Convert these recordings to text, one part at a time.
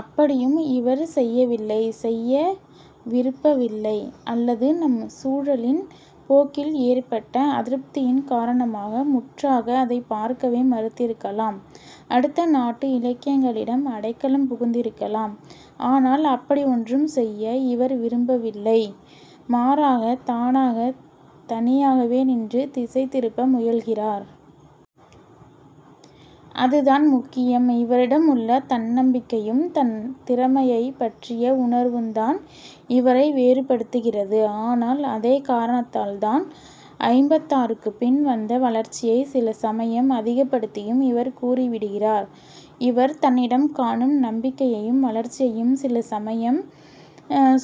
அப்படியும் இவர் செய்யவில்லை, செய்ய விருப்பவில்லை. அல்லது நம் சூழலும் போக்கில் ஏற்பட்ட அதிருப்தியின் காரணமாக முற்றாக அதைப் பார்க்கவே மறுத்திருக்கலாம். அடுத்த நாட்டு இலக்கியங்களிடம் அடைக்கலம் புகுந்திருக்கலாம். ஆனால் அப்படி ஒன்றும் செய்ய இவர் விரும்பவில்லை. மாறாக, தானாகத் தனியாகவே நின்று திசை திருப்ப முயல்கிறார். அதுதான் முக்கியம். இவரிடமுள்ள தன்னம்பிக்கையும் தன் திறமையைப் பற்றிய உணர்வுந்தான் இவரை வேறுபடுத்துகிறது. ஆனால் அதே காரணத்தால்தான் ஐம்பத்தாறுக்குப் பின் வந்த வளர்ச்சியைச் சில சமயம் அதிகப்படுத்தியும் இவர் கூறிவிடுகிறார். இவர் தன்னிடம் காணும் நம்பிக்கையையும் வளர்ச்சியையும் சில சமயம்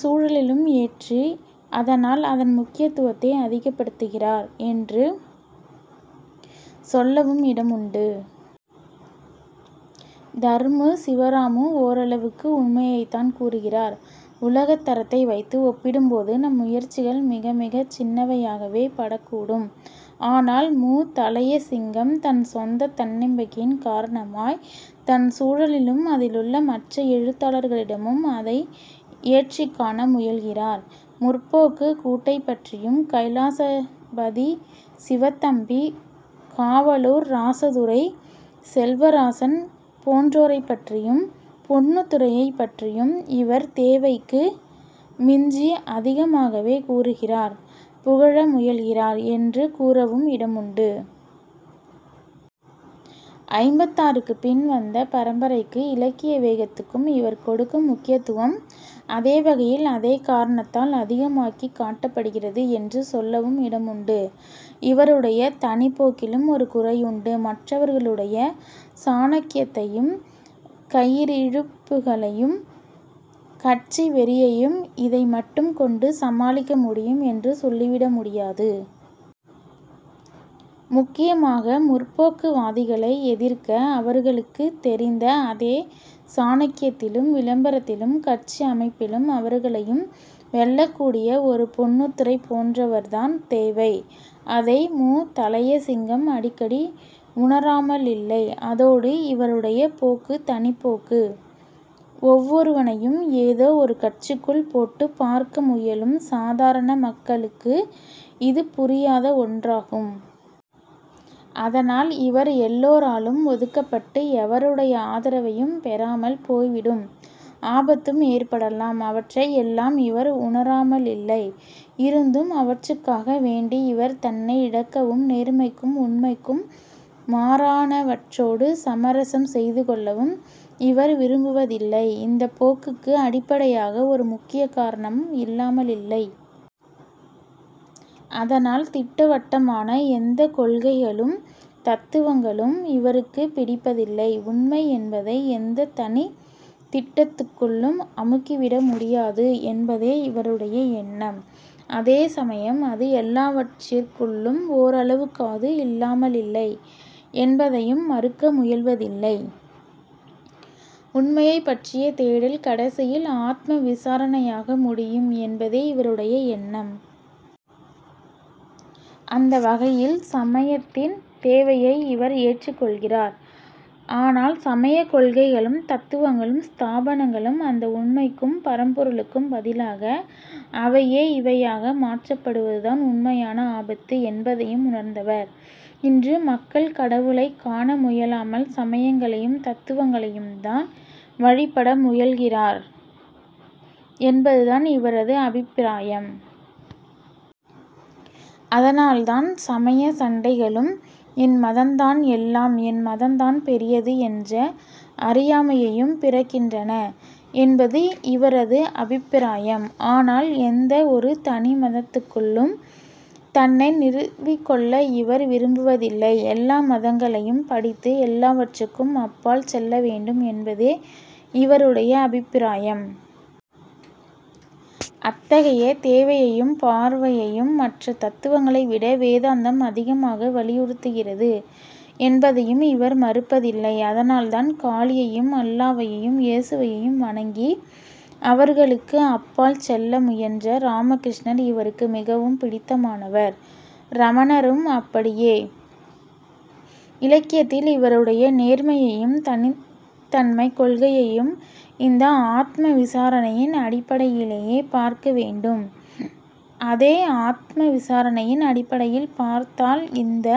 சூழலிலும் ஏற்றி அதனால் அதன் முக்கியத்துவத்தை அதிகப்படுத்துகிறார் என்று சொல்லவும் இடமுண்டு. தர்மு சிவராமு ஓரளவுக்கு உண்மையைத்தான் கூறுகிறார். உலகத் தரத்தை வைத்து ஒப்பிடும்போது நம் முயற்சிகள் மிக மிகச் சின்னவையாகவே படக்கூடும். ஆனால் மு. தளையசிங்கம் தன் சொந்தத் தன்னம்பிக்கையின் காரணமாய் தன் சூழலிலும் அதிலுள்ள மற்ற எழுத்தாளர்களிடமும் அதை ஏற்றிக்காண முயல்கிறார். 'முற்போக்கு'க் கூட்டைப்பற்றியும் கைலாசபதி, சிவத்தம்பி, காவலூர் ராசதுரை, செல்வராசன் போன்றோரைப்பற்றியும் பொன்னுத்துரையைப் பற்றியும் இவர் தேவைக்கு மிஞ்சி அதிகமாகவே கூறுகிறார், புகழ முயல்கிறார் என்று கூறவும் இடமுண்டு. ஐம்பத்தாறுக்குப் பின் வந்த பரம்பரைக்கும் இலக்கிய வேகத்துக்கும் இவர் கொடுக்கும் முக்கியத்துவம் அதே வகையில் அதே காரணத்தால் அதிகமாக்கிக் காட்டப்படுகிறது என்று சொல்லவும் இடமுண்டு. இவருடைய தனிப் போக்கிலும் ஒரு குறையுண்டு. மற்றவர்களுடைய சாணக்கியத்தையும் கயிறிழுப்புகளையும் கட்சி வெறியையும், இதை மட்டும் கொண்டு சமாளிக்க முடியும் என்று சொல்லிவிட முடியாது. முக்கியமாக 'முற்போக்கு' வாதிகளை எதிர்க்க, அவர்களுக்குத் தெரிந்த அதே சாணக்கியத்திலும் விளம்பரத்திலும் கட்சி அமைப்பிலும் அவர்களையும் வெல்லக்கூடிய ஒரு பொன்னுத்துரை போன்றவர்தான் தேவை. அதை மு. தளையசிங்கம் அடிக்கடி உணராமலில்லை. அதோடு இவருடைய போக்கு தனிப் போக்கு. ஒவ்வொருவனையும் ஏதோ ஒரு கட்சிக்குள் போட்டுப் பார்க்க முயலும் சாதாரண மக்களுக்கு இது புரியாத ஒன்றாகும். அதனால் இவர் எல்லோராலும் ஒதுக்கப்பட்டு எவருடைய ஆதரவையும் பெறாமல் போய்விடும் ஆபத்தும் ஏற்படலாம். அவற்றை எல்லாம் இவர் உணராமலில்லை. இருந்தும் அவற்றுக்காக வேண்டி இவர் தன்னை இழக்கவும், நேர்மைக்கும் உண்மைக்கும் மாறானவற்றோடு சமரசம் செய்துகொள்ளவும் இவர் விரும்புவதில்லை. இந்தப் போக்குக்கு அடிப்படையாக ஒரு முக்கிய காரணம் இல்லாமலில்லை. அதனால் திட்டவட்டமான எந்தக் கொள்கைகளும் தத்துவங்களும் இவருக்குப் பிடிப்பதில்லை. உண்மை என்பதை எந்தத் தனித் திட்டத்துக்குள்ளும் அமுக்கிவிட முடியாது என்பதே இவருடைய எண்ணம். அதே சமயம் அது எல்லாவற்றிற்குள்ளும் ஓரளவுக்காவது இல்லாமலில்லை என்பதையும் மறுக்க முயல்வதில்லை. உண்மையைப்பற்றிய தேடல் கடைசியில் ஆத்ம விசாரணையாக முடியும் என்பதே இவருடைய எண்ணம். அந்த வகையில் சமயத்தின் தேவையை இவர் ஏற்றுக்கொள்கிறார். ஆனால் சமயக்கொள்கைகளும் தத்துவங்களும் ஸ்தாபனங்களும் அந்த உண்மைக்கும் பரம்பொருளுக்கும் பதிலாக அவையே இவையாக மாற்றப்படுவதுதான் உண்மையான ஆபத்து என்பதையும் உணர்ந்தவர். இன்று மக்கள் கடவுளைக் காண முயலாமல் சமயங்களையும் தத்துவங்களையும்தான் வழிபட முயல்கிறார் என்பதுதான் இவரது அபிப்பிராயம். அதனால்தான் சமயச் சண்டைகளும் 'என்மதந்தான் எல்லாம்', 'என் மதந்தான் பெரியது' என்ற அறியாமைையயும் பிறக்கின்றன என்பது இவரது அபிப்பிராயம். ஆனால் எந்த ஒரு தனி மதத்துக்குள்ளும் தன்னை நிறுவிக்கொள்ள இவர் விரும்புவதில்லை. எல்லா மதங்களையும் படித்து எல்லாவற்றுக்கும் அப்பால் செல்ல வேண்டும் என்பதே இவருடைய அபிப்பிராயம். அத்தகைய தேவையையும் பார்வையையும் மற்ற தத்துவங்களைவிட வேதாந்தம் அதிகமாக வலியுறுத்துகிறது என்பதையும் இவர் மறுப்பதில்லை. அதனால்தான் காளியையும் அல்லாவையும் யேசுவையும் வணங்கி அவர்களுக்கு அப்பால் செல்ல முயன்ற ராமகிருஷ்ணர் இவருக்கு மிகவும் பிடித்தமானவர். ரமணரும் அப்படியே. இலக்கியத்தில் இவருடைய நேர்மையையும் தனித்தன்மைக் கொள்கையையும் இந்த ஆத்ம விசாரணையின் அடிப்படையிலேயே பார்க்க வேண்டும். அதே ஆத்ம விசாரணையின் அடிப்படையில் பார்த்தால் இந்த